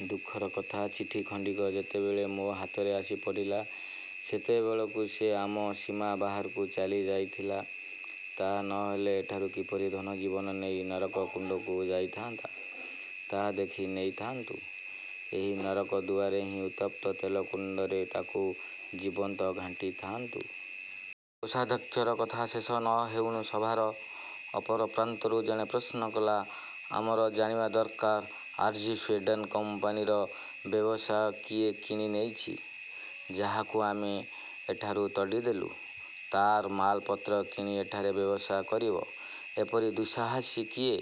' ଦୁଃଖର କଥା, ଚିଠିଖଣ୍ଡିକ ଯେତେବେଳେ ମୋ ହାତରେ ଆସି ପଡ଼ିଲା, ସେତେବେଳକୁ ସେ ଆମ ସୀମା ବାହାରକୁ ଚାଲିଯାଇଥିଲା। ତା ନ ହେଲେ ଏଠାରୁ କିପରି ଧନଜୀବନ ନେଇ ନରକକୁଣ୍ଡକୁ ଯାଇଥାନ୍ତା, ତାହା ଦେଖି ନେଇଥାନ୍ତୁ। ଏହି ନରକଦୁଆରେ ହିଁ ଉତ୍ତପ୍ତ ତେଲକୁଣ୍ଡରେ ତାକୁ ଜୀବନ୍ତ ଘାଣ୍ଟିଥାଆନ୍ତୁ। '' କୋଷାଧ୍ୟକ୍ଷର କଥା ଶେଷ ନ ହେଉଣୁ ସଭାର ଅପର ପ୍ରାନ୍ତରୁ ଜଣେ ପ୍ରଶ୍ନ କଲା, ''ଆମର ଜାଣିବା ଦରକାର, ଆର୍ଜି ସ୍ୱୀଡ଼େନ କମ୍ପାନୀର ବ୍ୟବସାୟ କିଏ କିଣି ନେଇଛି? ଯାହାକୁ ଆମେ ଏଠାରୁ ତଡ଼ିଦେଲୁ, ତାର ମାଲପତ୍ର କିଣି ଏଠାରେ ବ୍ୟବସାୟ କରିବ–ଏପରି ଦୁଃସାହସୀ କିଏ?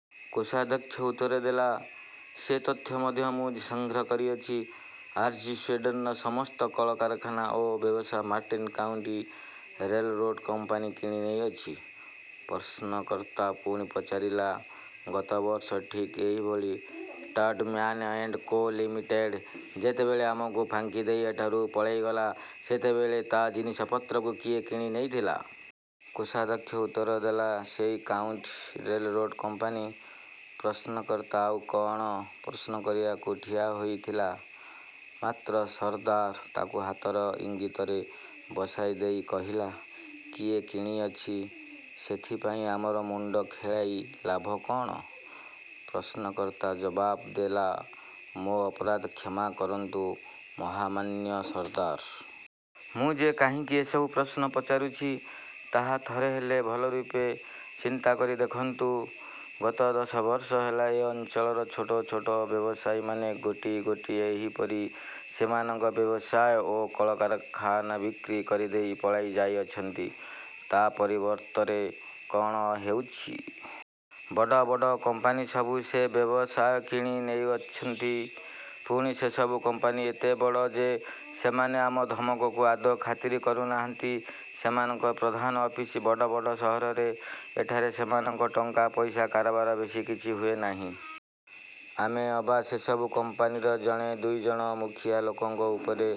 '' କୋଷାଧ୍ୟକ୍ଷ ଉତ୍ତର ଦେଲା, ''ସେ ତଥ୍ୟ ମଧ୍ୟ ମୁଁ ସଂଗ୍ରହ କରିଅଛି। ଆର୍ଜି ସ୍ୱୀଡ଼େନର ସମସ୍ତ କଳ କାରଖାନା ଓ ବ୍ୟବସାୟ ମାର୍ଟିନ କାଉଣ୍ଟି ରେଲରୋଡ଼ କମ୍ପାନୀ କିଣି ନେଇଅଛି। '' ପ୍ରଶ୍ନକର୍ତ୍ତା ପୁଣି ପଚାରିଲା, ''ଗତ ବର୍ଷ ଠିକ୍ ଏଇଭଳି ଟଡ଼ମ୍ୟାନ ଏଣ୍ଡ କୋ: ଲିମିଟେଡ଼ ଯେତେବେଳେ ଆମକୁ ଫାଙ୍କିଦେଇ ଏଠାରୁ ପଳାଇଗଲା, ସେତେବେଳେ ତା ଜିନିଷ-ପତ୍ରକୁ କିଏ କିଣି ନେଇଥିଲା? '' କୋଷାଧ୍ୟକ୍ଷ ଉତ୍ତର ଦେଲା, ''ସେଇ କାଉଣ୍ଟି ରେଲରୋଡ଼ କମ୍ପାନୀ। '' ପ୍ରଶ୍ନକର୍ତ୍ତା ଆଉ କଅଣ ପ୍ରଶ୍ନ କରିବାକୁ ଠିଆ ହୋଇଥିଲା; ମାତ୍ର ସର୍ଦ୍ଦାର ତାକୁ ହାତର ଇଙ୍ଗିତରେ ବସାଇଦେଇ କହିଲା, ''କିଏ କିଣିଅଛି, ସେଥିପାଇଁ ଆମର ମୁଣ୍ଡ ଖେଳାଇ ଲାଭ କଅଣ-? '' ପ୍ରଶ୍ନକର୍ତ୍ତା ଜବାବ ଦେଲା, ''ମୋ ଅପରାଧ କ୍ଷମା କରନ୍ତୁ ମହାମାନ୍ୟ ସର୍ଦ୍ଦାର! ମୁଁ ଯେ କାହିଁ କି ଏସବୁ ପ୍ରଶ୍ନ ପଚାରୁଛି, ତାହା ଥରେହେଲେ ଭଲରୂପେ ଚିନ୍ତା କରି ଦେଖନ୍ତୁ। ଗତ ଦଶ ବର୍ଷ ହେଲା ଏ ଅଞ୍ଚଳର ଛୋଟଛୋଟ ବ୍ୟବସାୟୀମାନେ ଗୋଟିଗୋଟି ଏହିପରି ସେମାନଙ୍କ ବ୍ୟବସାୟ ଓ କଳ କାରଖାନା ବିକ୍ରି କରିଦେଇ ପଳାଇ ଯାଉଅଛନ୍ତି। ତା ପରିବର୍ତ୍ତରେ କଅଣ ହେଉଛି? ବଡ଼ବଡ଼ କମ୍ପାନୀସବୁ ସେ ବ୍ୟବସାୟ କିଣି ନେଉଛନ୍ତି। ପୁଣି ସେସବୁ କମ୍ପାନୀ ଏତେ ବଡ଼ ଯେ, ସେମାନେ ଆମ ଧମକକୁ ଆଦୌ ଖାତିର କରୁ ନାହାନ୍ତି। ସେମାନଙ୍କ ପ୍ରଧାନ ଅଫିସ ବଡ଼ବଡ଼ ସହରରେ, ଏଠାରେ ସେମାନଙ୍କ ଟଙ୍କା ପଇସା କାରବାର ବେଶୀ କିଛି ହୁଏ ନାହିଁ। ଆମେ ଅବା ସେସବୁ କମ୍ପାନୀର ଜଣେ ଦୁଇ ଜଣ ମୁଖିଆ ଲୋକଙ୍କ ଉପରେ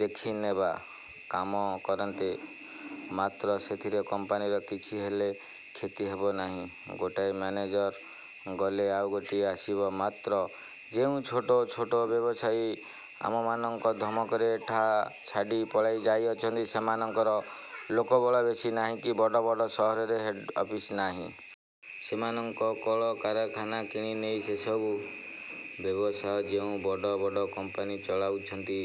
'ଦେଖିନେବା' କାମ କରନ୍ତେ; ମାତ୍ର ସେଥିରେ କମ୍ପାନୀର କିଛି ହେଲେ କ୍ଷତି ହେବ ନାହିଁ। ଗୋଟାଏ ମ୍ୟାନେଜର ଗଲେ ଆଉ ଗୋଟିଏ ଆସିବ। ମାତ୍ର ଯେଉଁ ଛୋଟ ଛୋଟ ବ୍ୟବସାୟୀ ଆମମାନଙ୍କ ଧମକରେ ଏଠା ଛାଡ଼ି ପଳାଇ ଯାଇଅଛନ୍ତି, ସେମାନଙ୍କର ଲୋକବଳ ବେଶୀ ନାହିଁ କି ବଡ଼ବଡ଼ ସହରରେ ହେଡ଼ ଅଫିସ ନାହିଁ। ସେମାନଙ୍କ କଳକାରଖାନା କିଣିନେଇ ସେସବୁ। ବ୍ୟବସାୟ ଯେଉଁ ବଡ଼ବଡ଼ କମ୍ପାନୀ ଚଳାଉଛନ୍ତି,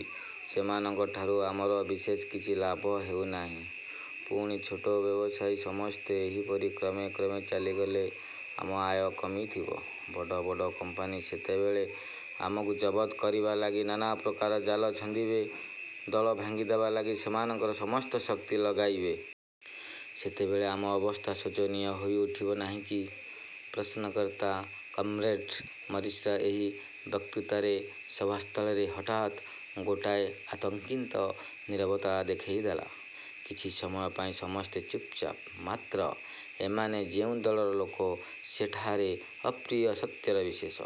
ସେମାନଙ୍କଠାରୁ ଆମର ବିଶେଷ କିଛି ଲାଭ ହେଉ ନାହିଁ। ପୁଣି ଛୋଟ ବ୍ୟବସାୟୀ ସମସ୍ତେ ଏହିପରି କ୍ରମେକ୍ରମେ ଚାଲିଗଲେ ଆମ ଆୟ କମିଥିବ। ବଡ଼ବଡ଼ କମ୍ପାନୀ ସେତେବେଳେ ଆମକୁ ଜବତ କରିବା ଲାଗି ନାନା ପ୍ରକାର ଜାଲ ଛନ୍ଦିବେ; ଦଳ ଭାଙ୍ଗିଦେବା ଲାଗି ସେମାନଙ୍କର ସମସ୍ତ ଶକ୍ତି ଲଗାଇବେ। ସେତେବେଳେ ଆମ ଅବସ୍ଥା ଶୋଚନୀୟ ହୋଇଉଠିବ ନାହିଁ କି? '' ପ୍ରଶ୍ନକର୍ତ୍ତା କମ୍ରେଡ଼ ମରିସ୍ର ଏହି ବକ୍ତୃତାରେ ସଭାସ୍ଥଳରେ ହଠାତ୍ ଗୋଟାଏ ଆତଙ୍କିତ ନୀରବତା ଦେଖାଦେଲା। କିଛି ସମୟ ପାଇଁ ସମସ୍ତେ ଚୁପ୍ଚାପ୍। ମାତ୍ର ଏମାନେ ଯେଉଁ ଦଳର ଲୋକ, ସେଠାରେ ଅପ୍ରିୟ ସତ୍ୟର ବିଶେଷ